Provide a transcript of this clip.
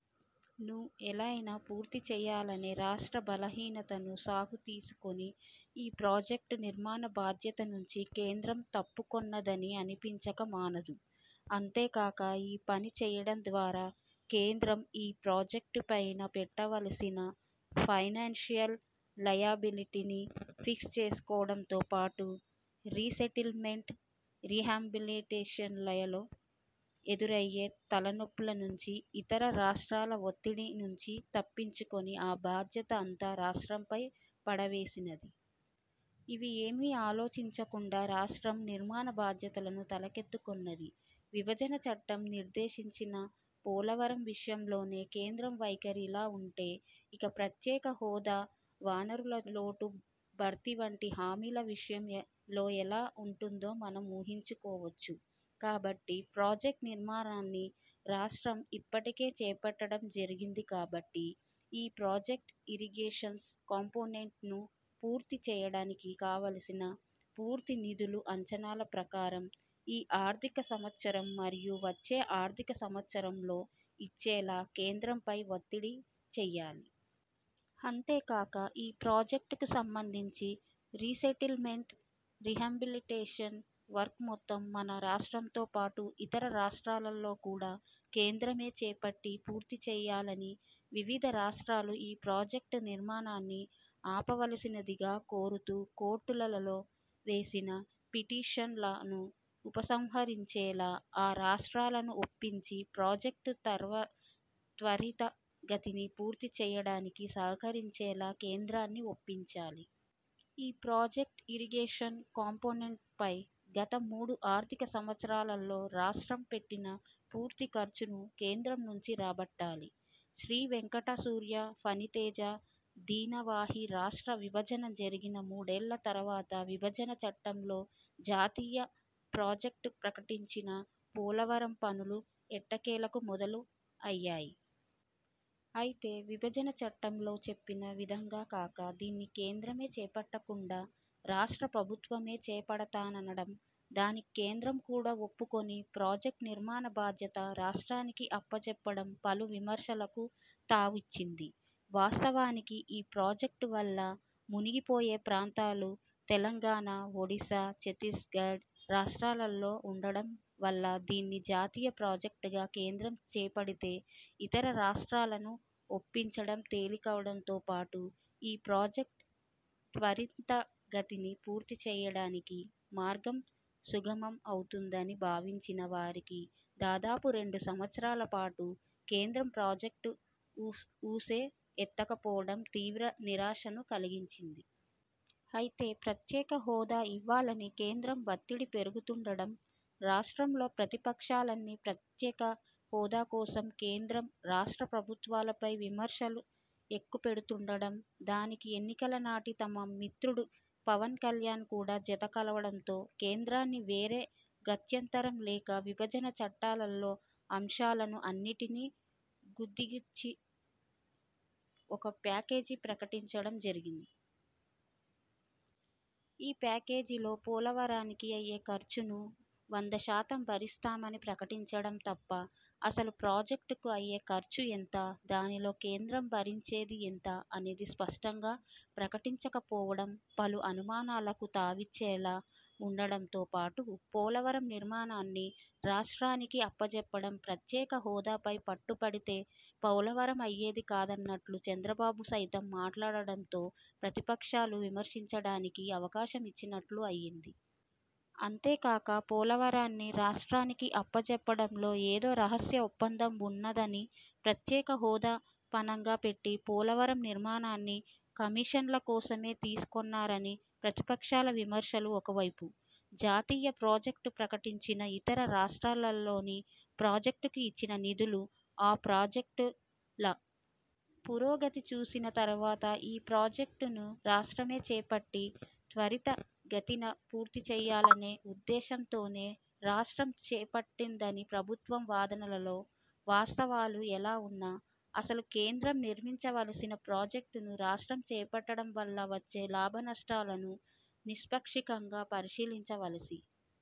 ను ఎలా అయినా పూర్తి చేయాలనే రాష్ట్ర బలహీనతను సాకు తీసుకొని ఈ ప్రాజెక్ట్ నిర్మాణ భాధ్యతనుంచి కేంద్రం తప్పుకొన్నదని అనిపించక మానదు. అంతే కాక ఈ పని చేయడం ద్వారా కేంద్రం ఈ ప్రాజెక్ట్ పై పెట్టవలసిన ఫైనాన్సియల్ లయబిలిటీ ని ఫిక్స్ చేసుకోవడం తో పాటు, రీసెటిల్ మెంట్ రీహాబిలిటేషన్ లలో ఎదురయ్యే తలనొప్పుల నుంచి, ఇతర రాష్ట్రాల వత్తిడి నుంచి తప్పిచుకొని ఆ బాధ్యత అంత రాష్ట్రంపై పడవేసినది. ఇవి ఏమీ ఆలోచించకుండా రాష్ట్రం నిర్మాణ బాధ్యతలను తలకెత్తుకొన్నది. విభజన చట్టం నిర్దేశించిన పోలవరం విషయంలోనే కేంద్రం వైఖరి ఇలా ఉంటె ఇక ప్రత్యేక హోదా, వనురుల లోటు భర్తీ వంటి హామీల విషయం లో ఎలా ఉంటుందో మనం ఊహించు కోవచ్చు. కాబట్టి ప్రాజెక్ట్ నిర్మాణాన్ని రాష్ట్రం ఇప్పటికే చేపట్టడం జరిగింది కాబట్టి ఈ ప్రాజెక్ట్ ఇరిగేషన్ కంపోనెంట్ ను పూర్తి చేయడానికి కావలసిన పూర్తి నిధులు – అంచనాల ప్రకారం ఈ ఆర్ధిక సంవత్సరం, మరియు వచ్చే ఆర్ధిక సంవత్సరంలో ఇచ్చేలా కేంద్రం పై వత్తిడి చేయాలి. అంతే కాక ఈ ప్రాజెక్ట్ కు సంబంధించి రీసెటిల్ మెంట్ రీహాబిలిటేషన్ వర్క్ మొత్తం మన రాష్ట్రం తో పాటు, ఇతర రాష్ట్రాలలో కూడా కేంద్రమే చేపట్టి పూర్తి చేయాలని, వివిధ రాష్ట్రాలు ఈ ప్రాజెక్ట్ నిర్మాణాన్ని ఆపవలసినదిగా కోరుతూ కోర్టు లలో వేసిన పిటీషన్ ల ను ఉపసంహరించేలా ఆ రాష్ట్రాలను ఒప్పించి ప్రాజెక్ట్ త్వరిత గతిని పూర్తి చేయడానికి సహకరించేలా కేంద్రాన్ని ఒప్పించాలి. ఈ ప్రాజెక్ట్ ఇరిగేషన్ కంపోనెంట్ పై గత మూడు ఆర్ధిక సంవత్సరాలలో రాష్ట్రం పెట్టిన పూర్తి ఖర్చును కేంద్రం నుంచి రాబట్టాలి. శ్రీ వెంకట సూర్య ఫణి తేజ దినవహి రాష్ట్ర విభజన జరిగిన మూడేళ్ళ తరవాత విభజన చట్టంలో జాతీయ ప్రాజెక్ట్గా ప్రకటించిన పోలవరం పనులు ఎట్టకేలకు మొదలు అయ్యాయి. అయితే విభజన చట్టంలో చెప్పిన విధంగా కాక, దీన్ని కేంద్రమే చేపట్టకుండా రాష్ట్ర ప్రభుత్వమే చేపడతాననడం, దానికి కేంద్రం కూడా ఒప్పుకొని- ప్రాజెక్ట్ నిర్మాణ బాధ్యత రాష్ట్రానికి అప్పచెప్పడం పలు విమర్శలకు తావు ఇచ్చింది. వాస్తవానికి, ఈ ప్రాజెక్ట్ వల్ల మునిగి పోయే ప్రాంతాలు తెలంగాణ, ఒడిశా, ఛత్తీగఢ్ రాష్ట్రాలలో ఉండడం వల్ల దీన్ని జాతీయ ప్రాజెక్ట్ గా కేంద్రం చేపడితే ఇతర రాష్ట్రాలను ఒప్పించడం తేలికవడంతో పాటు -ఈ ప్రాజెక్ట్ త్వరితగతిన పూర్తి చేయడానికి మార్గం సుగమం అవుతుందని భావించిన వారికి దాదాపు రెండు సంవత్సరాల పాటు కేంద్రం ప్రాజెక్ట్ ఉస్ ఊసే ఎత్తక పోవడం తీవ్ర నిరాశను కలిగించి. అయితే ప్రత్యేక హోదా ఇవ్వాలని కేంద్రం వత్తిడి పెరుగుతుండడం, రాష్ట్రంలోప్రతిపక్షాలన్నీ ప్రత్యేక హోదా కోసం కేంద్రం, రాష్ట్ర ప్రభుత్వాలపై విమర్శలు ఎక్కుపెడుతుండడం, దానికి ఎన్నికల నాటి తమ మిత్రుడు పవన్ కళ్యాణ్ కూడా జత కలవడంతో, కేంద్రాన్ని వేరే గత్యంతరం లేక విభజన చట్టాలలో అంశాలను అన్నింటిని గుదిగుచ్చి ఒక ప్యాకేజీ ప్రకటించడం జరిగి. ఈ ప్యాకేజీలో పోలవరానికి అయ్యే ఖర్చును వందశాతం భరిస్తామని ప్రకటించడం తప్ప, అసలు ప్రాజెక్్ట్కు అయ్యే ఖర్చు ఎంత- దానిలో కేంద్రం భరించేది ఎంత అనేది స్పష్టంగా ప్రకటించకపోవడం పలు అనుమానాలకు తావిచ్చేలా ఉండడంతో పాటు పోలవరం నిర్మాణాన్ని రాష్ట్రానికి అప్పచెప్పడం ప్రత్యేకహోదాపై పట్టు పడితే పోలవరం అయ్యేది కాదన్నట్లు చంద్రబాబు సైతం మాట్లాడడంతో ప్రతిపక్షాలు విమర్శించడానికి అవకాశం ఇచ్చినట్లు అయ్యింది. అంతే కాక పోలవరాన్ని రాష్ట్రానికి అప్ప చెప్పడంలో ఎదో రహస్య ఒప్పందం ఉన్నదని ప్రత్యేక హోదా పణంగా పెట్టి పోలవరం నిర్మాణాన్ని కమీషన్ల కోసమే తీసుకొన్నారని ప్రతిపక్షాల విమర్శలు ఒకవైపు, జాతీయ ప్రాజెక్ట్గా ప్రకటించిన ఇతర రాష్ట్రాలలోని ప్రాజెక్్ట్లకు ఇచ్చిన నిధులు, ఆ ప్రాజెక్ట్ ల పురోగతి చూసిన తరువాత ఈ ప్రాజెక్ట్ ను రాష్ట్రమే చేపట్టి త్వరిత గతిన పూర్తిచేయాలనే ఉద్దేశ్యంతోనే రాష్ట్రం చేపట్టిందని ప్రభుత్వ వాదనలలో వాస్త్రవాలు ఎలా ఉన్నా- అసలు కేంద్రం నిర్మించవలసిన ప్రాజెక్ట్ ను రాష్ట్రం చేపట్టడం వల్ల వచ్చే లాభనష్టాలను నిష్పాక్షికంగా పరిశీలించవలసి